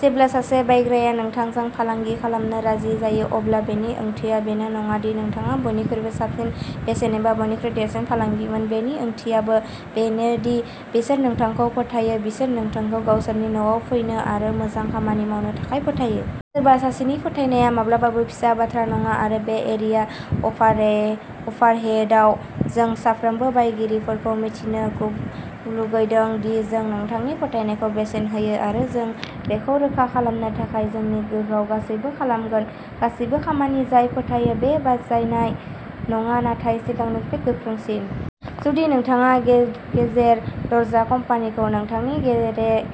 जेब्ला सासे बायग्राया नोंथांजों फालांगि खालामनो राजि जायो, अब्ला बेनि ओंथिया बेनो नङा दि नोंथाङा बयनिख्रुइ साबसिन बेसेन एबा बयनिख्रुइ देरसिन फालांगिमोन। बेनि ओंथियाबो बेनो दि बिसोरो नोंथांखौ फोथायो। बिसोरो नोंथांखौ गावसोरनि न'आव फैनो आरो मोजां खामानि मावनो थाखाय फोथायो। सोरबा सासेनि फोथायनाया माब्लाबाबो फिसा बाथ्रा नङा, आरो बे एरिया अभारहेडआव जों साफ्रोमबो बायगिरिखौ मिथिनो लुगैदों दि जों नोंथांनि फोथायनायखौ बेसेन होयो। आरो जों बेखौ रोखा खालामनो थाखाय जोंनि गोहोआव गासैबो खालामगोन। गासिबो खामानि जाय फोथायो, बेयो बायजानाय नङा नाथाय सिगांनिख्रुइ गोख्रोंसिन। जुदि नोंथाङा गेरेज दरजा कम्पानिखौ नोंथांनि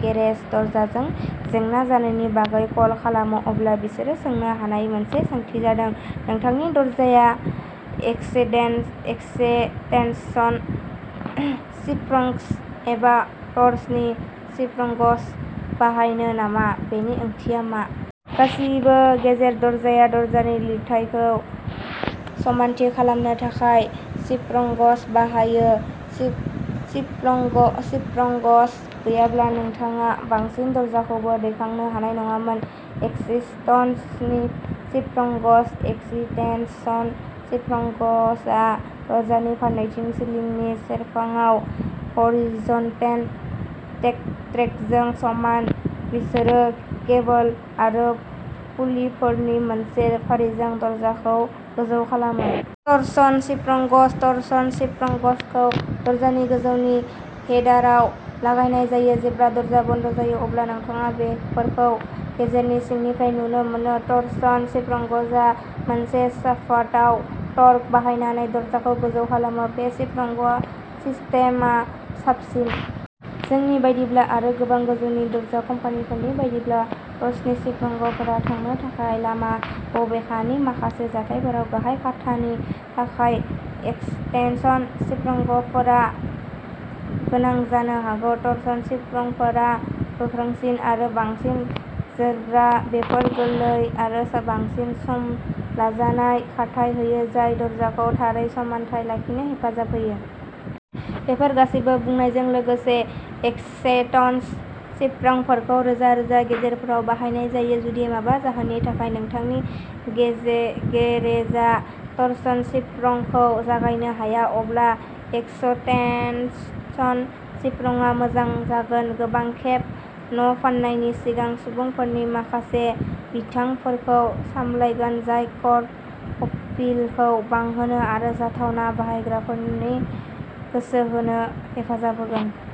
गेरेज दरजाजों जेंना जानायनि बागै कल खालामो, अब्ला बिसोर सोंनो हानाय मोनसे सोंथिया जादों "नोंथांनि दरजाया एक्सटेनसन स्प्रिंग्स एबा ट'रसन स्प्रिंग्स बाहायो नामा? " बेनि ओंथिया मा? गासिबो गेरेज दरजाया दरजानि लिरथायखौ समानथि खालामनो थाखाय स्प्रिंग्स बाहायो। स्प्रिंग्स गैयाब्ला नोंथाङा बांसिन दरजाखौबो दैखांनो हानाय नङा। एक्सटेनसन स्प्रिंग्सः एक्सटेनसन स्प्रिंग्सआ दरजानि फारनैथिंबो सिलिंनि सेरफाङाव ह'रिजन्टेल ट्रेकजों समान। बिसोरो केबोल आरो पुलीफोरनि मोनसे फारिजों दरजाखौ गोजौ खालामो। ट'रसन स्प्रिंग्सः ट'रसन स्प्रिंग्सखौ दरजानि गोजौनि हेडारआव लागायनाय जायो। जेब्ला दरजा बन्द जायो अब्ला नोंथाङा बेफोरखौ गेरेजनि सिंनिफ्राय नुनो मोनो। ट'रसन स्प्रिंग्सआ मोनसे शाफ्टआव टर्क बाहायनानै दरजाखौ गोजौ खालामो। बबे स्प्रिंग सिस्टेमआ साबसिन? जोंनि बायदिब्ला, आरो गोबां गोजौनि दरजा कम्पानिफोरनि बायदिब्ला, ट'रसन स्प्रिंफोरा थांनो थाखाय लामा। बबेखानि, माखासे जाथायफोराव गाहाय खथानि थाखाय एक्सटेनसन स्प्रिंफोरा गोनां जानो हागौ। ट'रसन स्प्रिंफोरा गोख्रोंसिन आरो बांसिन जोरग्रा। बेफोर गोरलै आरो बांसिन सामलायजानाय खारथाइ होयो, जाय दरजाखौ थारै समानथाय लाखिनो हेफाजाब होयो। बेफोर गासैबो बुंनायजों लोगोसे, एक्सटेनसन स्प्रिंफोरखौ रोजा रोजा गेरेजफोराव बाहायनाय जायो। जुदि माबा जाहोननि थाखाय, नोंथांनि गेरेजआ ट'रसन स्प्रिंखौ जगायनो हाया, अब्ला एक्सटेनसन स्प्रिंआ मोजां जागोन। गोबां खेब न'फान्नायनि सिगां, सुबुंफोरा माखासे बिथांखिफोरखौ सामलायगोन जाय कर्ब अपीलखौ बांहोनो आरो जाथावना बायग्राफोरखौ गोसो बोहोनो हेफाजाब होगोन।